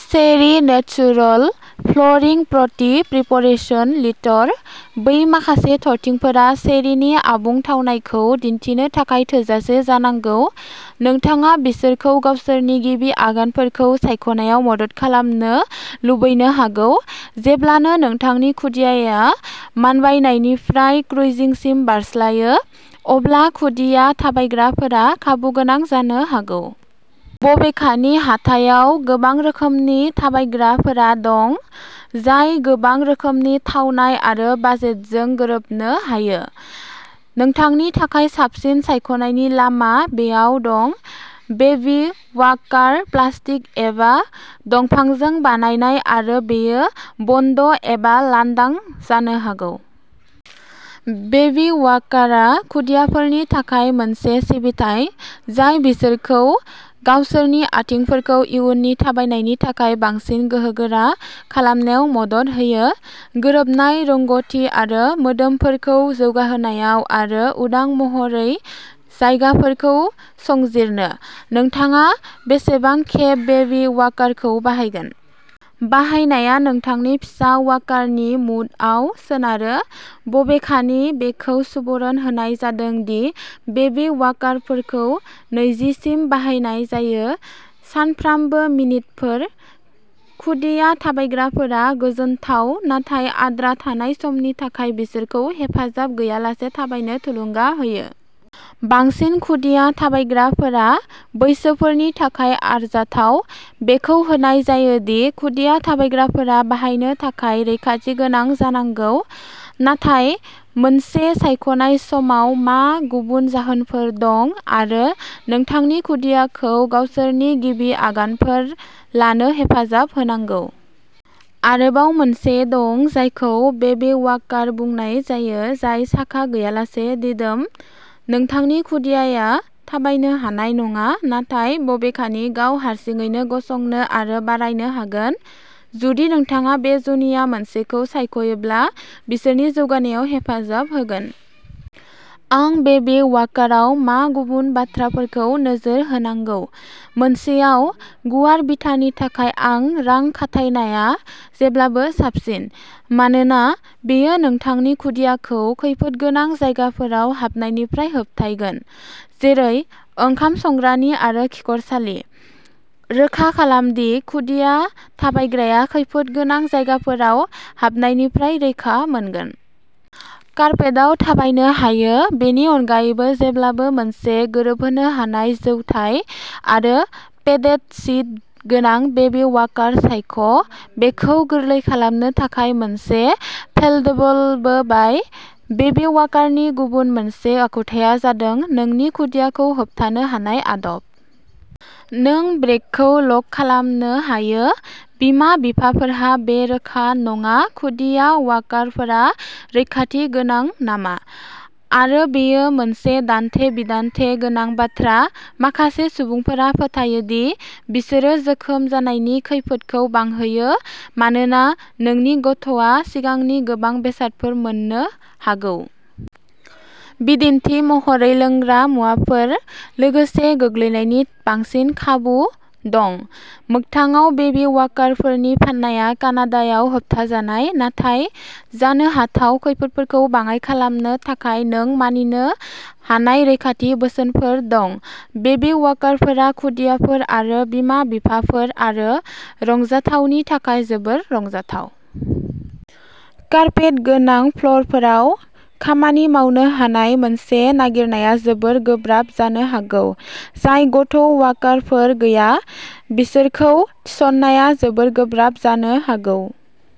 Cherry natural flavouring प्रति preparation litre. बै माखासे थरथिंफोरा चेरीनि आबुं थावनायखौ दिन्थिनो थाखाय थोजासे जानांगौ। नोंथाङा बिसोरखौ गावसोरनि गिबि आगानफोरखौ सायख'नायाव मदद खालामनो लुबैनो हागौ। जेब्लानो नोंथांनि खुदियाया मानबायनायनिफ्राय क्रुइजिंसिम बारस्लायो। अब्ला खुदिया थाबायग्राफोरा खाबुगोनां जानो हागौ। बबेखानि हाथाइआव गोबां रोखोमनि थाबायग्राफोरा दं। जाय गोबां रोखोमनि थावनाय आरो बाजेटजों गोरोबनो हायो। नोंथांनि थाखाय साबसिन सायख'नायनि लामा बेयाव दं। बेबी वाकारआ प्लास्टिक एबा दंफांजों बानायनाय आरो बेयो बन्द एबा लांदां जानो हागौ। बेबी वाकारआ खुदियाफोरनि थाखाय मोनसे सिबिथाइ। जाय बिसोरखौ गावसोरनि आथिंफोरखौ इयुननि थाबायनायनि थाखाय बांसिन गोहोगोरा खालामनायाव मदद होयो। गोरोबनाय रोंग'थि आरो मोदोमफोरखौ जौगाहोनायाव आरो उदां महरै जायगाफोरखौ संजिरनो। नोंथाङा बेसेबां खेब बेबी वाकारखौ बाहायगोन? बाहायनाया नोंथांनि फिसा वाकारनि मुडआव सोनारो। बबेखानि बेखौ सुबुरुन होनाय जादों दि बेबी वाकारफोरखौ नैजि सिम बाहायनाय जायो। सानफ्रामबो मिनिटफोर। खुदिया थाबायग्राफोरा गोजोनथाव नाथाय आद्रा थानाय समनि थाखाय बिसोरखौ हेफाजाब गैयालासे थाबायनो थुलुंगा होयो। बांसिन खुदिया थाबायग्राफोरा बैसोफोरनि थाखाय आरजाथाव। बेखौ होनाय जायो दि खुदिया थाबायग्राफोरा बाहायनो थाखाय रैखाथि गोनां जानांगौ। नाथाय मोनसे सायख'नाय समाव मा गुबुन जाहोनफोर दं आरो नोंथांनि खुदियाखौ गावसोरनि गिबि आगानफोर लानो हेफाजाब होनांगौ? आरोबाव मोनसे दं जायखौ बेबी वाकार बुंनाय जायो जाय साखा गैयालासे दिदोम। नोंथांनि खुदियाया थाबायनो हानाय नङा नाथाय बबेखानि गाव हारसिङैनो गसंनो आरो बारायनो हागोन। जुदि नोंथाङा बे जुनिया मोनसेखौ सायख'योब्ला बिसोरनि जौगानायाव हेफाजाब होगोन। आं बेबी वाकाराव मा गुबुन बाथ्राफोरखौ नोजोर होनांगौ? मोनसेयाव गुवार बिथानि थाखाय रां खाथायनाया जेब्लाबो साबसिन। मानोना बेयो नोंथांनि खुदियाखौ खैफोद गोनां जायगाफोराव हाबनायनिफ्राय होबथायगोन। जेरै ओंखाम संग्रानि आरो खिखरसालि। रोखा खालाम दि खुदिया थाबायग्राया खैफोद गोनां जायगाफोराव हाबनायनिफ्राय रैखा मोनगोन। कारपेटाव थाबायनो हायो। बेनि अनगायैबो जेब्लाबो मोनसे गोरोबहोनो हानाय जौथाय आरो पेडेड सिट गोनां बेबी वाकार सायख'। बेखौ गोरलै खालामनो थाखाय मोनसे फेल्डेबोलबो बाय। बेबी वाकारनि गुबुन मोनसे आखुथाया जादों नोंनि खुदियाखौ होबथानो हानाय आदब। नों ब्रेकखौ लक खालामनो हायो। बिमा-बिफाफोरहा बे रोखा नङा खुदिया वाकारफोरा रैखाथि गोनां नामा? आरो बेयो मोनसे दान्थे बिदान्थे गोनां बाथ्रा। माखासे सुबुंफोरा फोथायो दि बिसोरो जोखोम जानायनि खैफोदखौ बांहोयो मानोना नोंनि गथ'आ सिगांनि गोबां बेसादफोर मोननो हागौ। बिदिन्थि महरै लोंग्रा मुवाफोर। लोगोसे गोग्लैनायनि बांसिन खाबु दं। मोगथाङाव बेबी वाकारफोरनि फाननाया कानाडायाव होबथाजानाय। नाथाय जानो हाथाव खैफोदफोरखौ बाङाइ खालामनो थाखाय नों मानिनो हानाय रैखाथि बोसोनफोर दं। बेबी वाकारफोरा खुदियाफोर आरो बिमा-बिफाफोर आरो रंजाथावनि थाखाय जोबोद रंजाथाव। कारपेट गोनां फ्ल'रफोराव खामानि मावनो हानाय मोनसे नागिरनाया जोबोद गोब्राब जानो हागौ। जाय गथ' वाकारफोर गैया। बिसोरखौ थिसननाया जोबोद गोब्राब जानो हागौ।